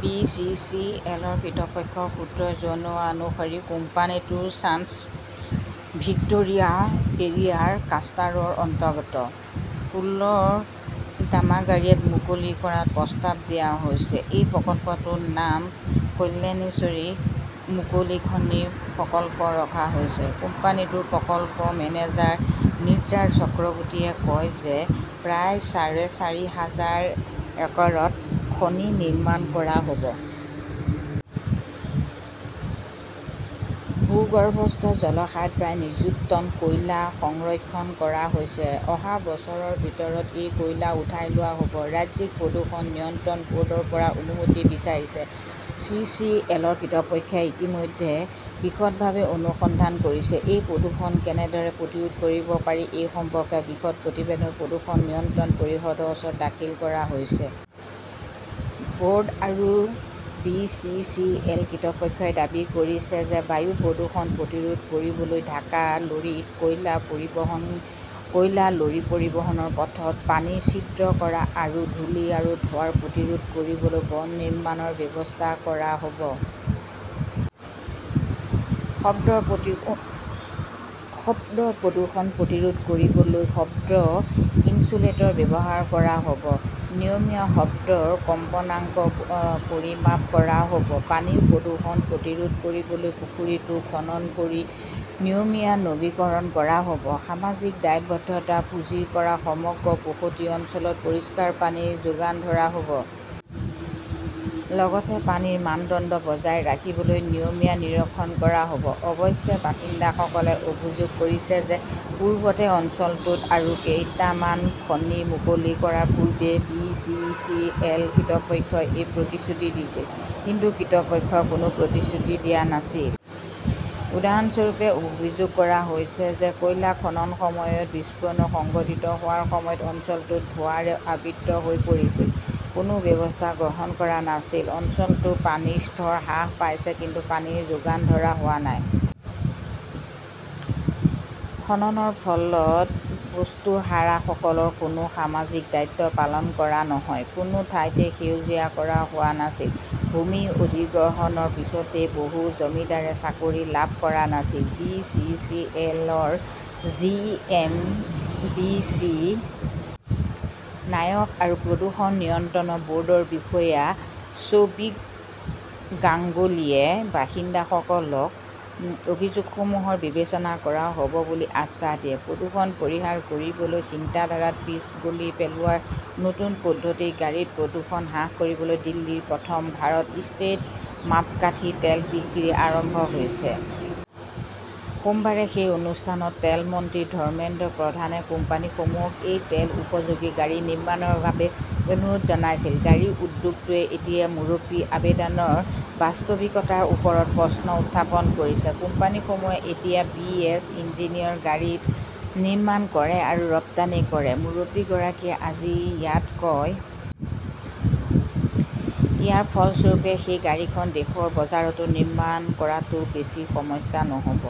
B. C. C. L. -ৰ কৰ্তৃপক্ষৰ সূত্ৰই জনোৱা অনুসৰি, কোম্পানীটোৰ চাঞ্চ ভিক্টোৰিয়া এৰিয়াৰ ক্লাষ্টাৰৰ অন্তৰ্গত কুলৰ দামাগাৰিয়াত মুকলি কৰাৰ প্ৰস্তাৱ দিয়া হৈছে। এই প্ৰকল্পটোৰ নাম "কল্যাণেশ্বৰী" মুকলি খনি প্ৰকল্প ৰখা হৈছে। কোম্পানীটোৰ প্ৰকল্প মেনেজাৰ নিৰ্জাৰ চক্ৰৱৰ্তীয়ে কয় যে, প্ৰায় চাৰে চাৰি হাজাৰ একৰত খনি নিৰ্মাণ কৰা হব। ভূগৰ্ভস্থ জলাশয়ত প্ৰায় নিযুত টন কয়লা সংৰক্ষণ কৰা হৈছে। অহা বছৰৰ ভিতৰত এই কয়লা উঠাই লোৱা হব। ৰাজ্যিক প্ৰদূষণ নিয়ন্ত্ৰণ বৰ্ডৰ পৰা অনুমতি বিচাৰিছে। চি. চি. এল. কৰ্তৃপক্ষই ইতিমধ্যে বিশদভাৱে অনুসন্ধান কৰিছে। এই প্ৰদূষণ কেনেদৰে প্ৰতিৰোধ কৰিব পাৰি, সেই সম্পৰ্কে বিশদ প্ৰতিবেদনো প্ৰদূষণ নিয়ন্ত্ৰণ পৰিষদৰ ওচৰত দাখিল কৰা হৈছে। বৰ্ড আৰু বি. চি. চি. এল. কৰ্তৃপক্ষই দাবী কৰিছে যে, বায়ু প্ৰদূষণ প্ৰতিৰোধ কৰিবলৈ ঢাকা লৰীত কয়লা পৰিবহণ, কয়লা লৰি পৰিবহণৰ পথত পানী ছিদ্ৰ কৰা আৰু ধূলি আৰু ধোঁৱা প্ৰতিৰোধ কৰিবলৈ বন নিৰ্মাণৰ ব্যৱস্থা কৰা হব। শব্দ প্ৰদূষণ প্ৰতিৰোধ কৰিবলৈ শব্দ ইনচুলেটৰ ব্যৱহাৰ কৰা হব। নিয়মীয়া শব্দৰ কম্পনাংক পৰিমাপ কৰা হব। পানীৰ প্ৰদূষণ প্ৰতিৰোধ কৰিবলৈ পুখুৰীটো খনন কৰি নিয়মীয়া নৱীকৰণ কৰা হব, সামাজিক দায়বদ্ধতা পুঁজিৰ পৰা সমগ্ৰ বসতি অঞ্চলত পৰিষ্কাৰ পানী যোগান ধৰা হব। লগতে পানীৰ মানদণ্ড বজাই ৰাখিবলৈ নিয়মীয়া নিৰীক্ষণ কৰা হব। অৱশ্যে বাসিন্দাসকলে অভিযোগ কৰিছে যে, পূৰ্বতে অঞ্চলটোত আৰু কেইটামান খনি মুকলি কৰাৰ পূৰ্বে বি. চি. চি. এল. কৰ্তৃপক্ষই এই প্ৰতিশ্ৰুতি দিছিল। কিন্তু কৰ্তৃপক্ষই কোনো প্ৰতিশ্ৰুতি দিয়া নাছিল। উদাহৰণস্বৰূপে, অভিযোগ কৰা হৈছে যে, কয়লা খননৰ সময়ত বিস্ফোৰণ সংঘটিত হোৱাৰ সময়ত অঞ্চলটো ধোঁৱাৰে আবৃত হৈ পৰিছিল। কোনো ব্যৱস্থা গ্ৰহণ কৰা নাছিল। অঞ্চলটোৰ পানীৰ স্তৰ হ্ৰাস পাইছে। কিন্তু পানী যোগান ধৰা হোৱা নাই। খননৰ ফলত বাস্তুহাৰাসকলৰ কোনো সামাজিক দায়িত্ব পালন কৰা নহয়। কোনো ঠাইতে সেউজীয়া কৰা হোৱা নাছিল। ভূমি অধিগ্ৰহণৰ পিছতো বহু জমিদাৰে চাকৰি লাভ কৰা নাছিল। বি. চি. চি. এল. -ৰ G. M. B. C. Nayak আৰু প্ৰদূষণ নিয়ন্ত্ৰণ বৰ্ডৰ বিষয়া শ্বৌবিক গাংগুলীয়ে বাসিন্দাসকলৰ অভিযোগসমূহ বিবেচনা কৰা হব বুলি আশ্বাস দিয়ে। প্ৰদূষণ পৰিহাৰ কৰিবলৈ চিন্তাধাৰাত পিচ গলি পেলোৱাৰ নতুন পদ্ধতি গাড়ীৰ প্ৰদূষণ হ্ৰাস কৰিবলৈ দিল্লীত প্ৰথম "ভাৰত ষ্টেজ" মাপকাঠি তেল বিক্ৰী আৰম্ভ হৈছে। সোমবাৰে সেই অনুষ্ঠানত তেল মন্ত্ৰী ধৰ্মেন্দ্ৰ প্ৰধানে কোম্পানীসমূহক এই তেল-উপযোগী গাড়ী নিৰ্মাণৰ বাবে অনুৰোধ জনাইছিল। গাড়ী উদ্যোগটোৱে এতিয়া মুৰব্বীৰ আবেদনৰ বাস্তৱিকতাৰ ওপৰত প্ৰশ্ন উত্থাপন কৰিছে। "কোম্পানীসমূহে এতিয়া বিএছ- ইঞ্জিনৰ গাড়ী নিৰ্মাণ কৰে আৰু ৰপ্তানি কৰে", মুৰব্বীগৰাকীয়ে আজি ইয়াত কয়। ইয়াৰ ফলস্বৰূপে সেই গাড়ীখন দেশৰ বজাৰতো নিৰ্মাণ কৰাটো বেছি সমস্যা নহব।